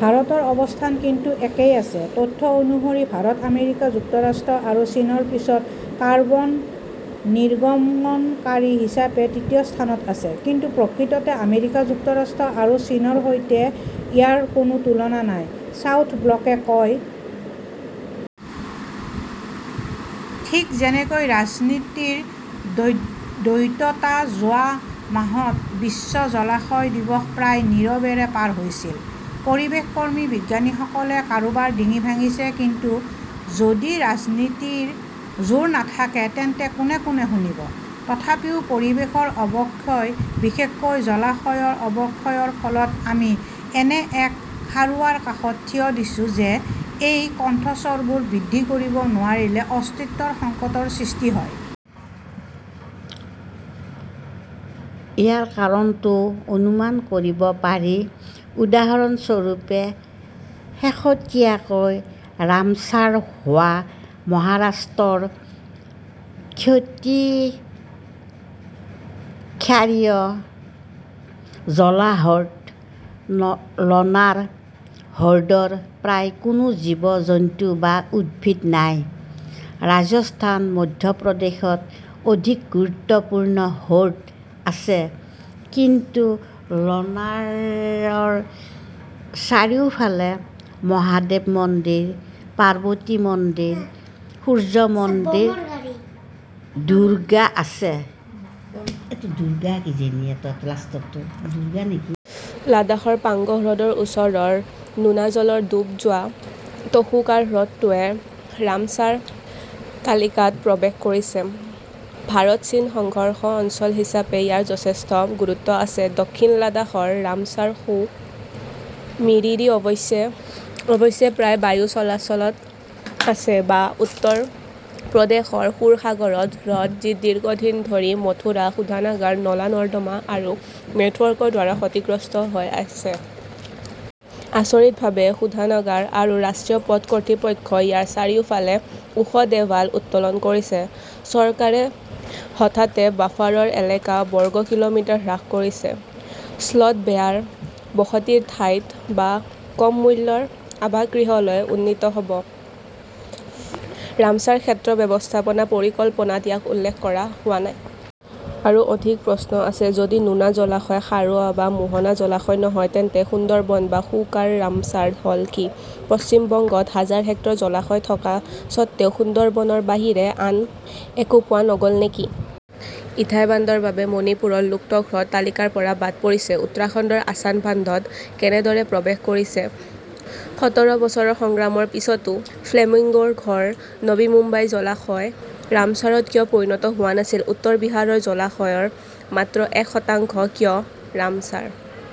ভাৰতৰ অৱস্থান কিন্তু একেই আছে। তথ্য অনুসৰি ভাৰত আমেৰিকা যুক্তৰাষ্ট্ৰ আৰু চীনৰ পিছত কাৰ্বন নিৰ্গমনকাৰী হিচাপে তৃতীয় স্থানত আছে, কিন্তু প্ৰকৃততে আমেৰিকা যুক্তৰাষ্ট্ৰ আৰু চীনৰ সৈতে ইয়াৰ কোনো তুলনা নাই, চাউথ ব্লকে কয়। ঠিক যেনেকৈ ৰাজনীতিৰ দ্বৈততা, যোৱা মাহত বিশ্ব জলাশয় দিৱস প্ৰায় নীৰৱেৰে পাৰ হৈছিল। পৰিৱেশ কৰ্মী, বিজ্ঞানীসকলে কাৰোবাৰ ডিঙি ভাঙিছে, কিন্তু যদি ৰাজনীতিৰ জোৰ নাথাকে তেন্তে কোনে - কোনে শুনিব। তথাপিও পৰিৱেশৰ অৱক্ষয়, বিশেষকৈ জলাশয়ৰ অৱক্ষয়ৰ ফলত আমি এনে এক খাৰুৱাৰ কাষত থিয় দিছো যে এই কণ্ঠস্বৰবোৰ বৃদ্ধি কৰিব নোৱাৰিলে অস্তিত্বৰ সংকটৰ সৃষ্টি হয়। ইয়াৰ কাৰণটোও অনুমান কৰিব পাৰি। উদাহৰণস্বৰূপে, শেহতীয়াকৈ ৰামছাৰ হোৱা মহাৰাষ্ট্ৰৰ অতিক্ষাৰীয় জলাহ হ্ৰদ লনাৰ হ্ৰদৰ প্ৰায় কোনো জীৱ-জন্তু বা উদ্ভিদ নাই, ৰাজস্থান, মধ্যপ্ৰদেশত অধিক গুৰুত্বপূৰ্ণ হ্ৰদ আছে, কিন্তু লনাৰৰ চাৰিওফালে মহাদেৱ মন্দিৰ, গণপতি মন্দিৰ, সূৰ্য মন্দিৰ, দৰ্গা আছে। লাডাখৰ পাঙ্গং হ্ৰদৰ ওচৰৰ নোনাজলৰ ডুব যোৱা তসো-কাৰ হ্ৰদটোৱে ৰামছাৰ তালিকাত প্ৰৱেশ কৰিছে। ভাৰত-চীন সংঘৰ্ষ অঞ্চল হিচাপে ইয়াৰ যথেষ্ট গুৰুত্ব আছে। দক্ষিণ লাডাখৰ ৰামছাৰ সো মৰিৰি অৱশ্যে প্ৰায় বায়ু চলাচলত আছে। বা, উত্তৰ প্ৰদেশৰ সুৰসাগৰ হ্ৰদ, যি দীৰ্ঘদিন ধৰি মথুৰা শোধনাগাৰৰ নলা-নৰ্দমা আৰু নেটৱৰ্কৰ দ্বাৰা ক্ষতিগ্ৰস্ত হৈ আছে। আচৰিতভাৱে, শোধনাগাৰ আৰু ৰাষ্ট্ৰীয় পথ কৰ্তৃপক্ষই ইয়াৰ চাৰিওফালে ওখ দেৱাল উত্তোলন কৰিছে। চৰকাৰে হঠাতে বাফাৰৰ এলেকা বৰ্গ কিলোমিটাৰ হ্ৰাস কৰিছে, স্লথ-বেয়াৰ বসতিৰ ঠাইত বা কম মূল্যৰ আৱাসগৃহলৈ উন্নীত হ 'ব। ৰামছাৰ ক্ষেত্ৰ ব্যৱস্থাপনা পৰিকল্পনাত ইয়াক উল্লেখ কৰা হোৱা নাই। আৰু অধিক প্ৰশ্ন আছে, যদি নোনা জলাশয়, খাৰুৱা বা মোহনা জলাশয় নহয়, তেন্তে সুন্দৰবন বা সো-কাৰ ৰামছাৰ হল কি? পশ্চিম বংগত হাজাৰ হেক্টৰ জলাশয় থকা স্বত্বেও সুন্দৰবনৰ বাহিৰে আন একো পোৱা নগ'ল নেকি? ইথাই বান্ধৰ বাবে মণিপুৰৰ লোকটক হ্ৰদ তালিকাৰ পৰা বাদ পৰিছে, উত্তৰাখণ্ডৰ আছান বান্ধত কেনেদৰে প্ৰৱেশ কৰিছে? সতৰ বছৰৰ সংগ্ৰামৰ পিছতো ফ্লেমিঙ্গোৰ ঘৰ নবী মুম্বাই জলাশয় ৰামছাৰত কিয় পৰিণত হোৱা নাছিল। উত্তৰ বিহাৰৰ জলাশয়ৰ মাত্ৰ এক শতাংশ কিয় ৰামছাৰ?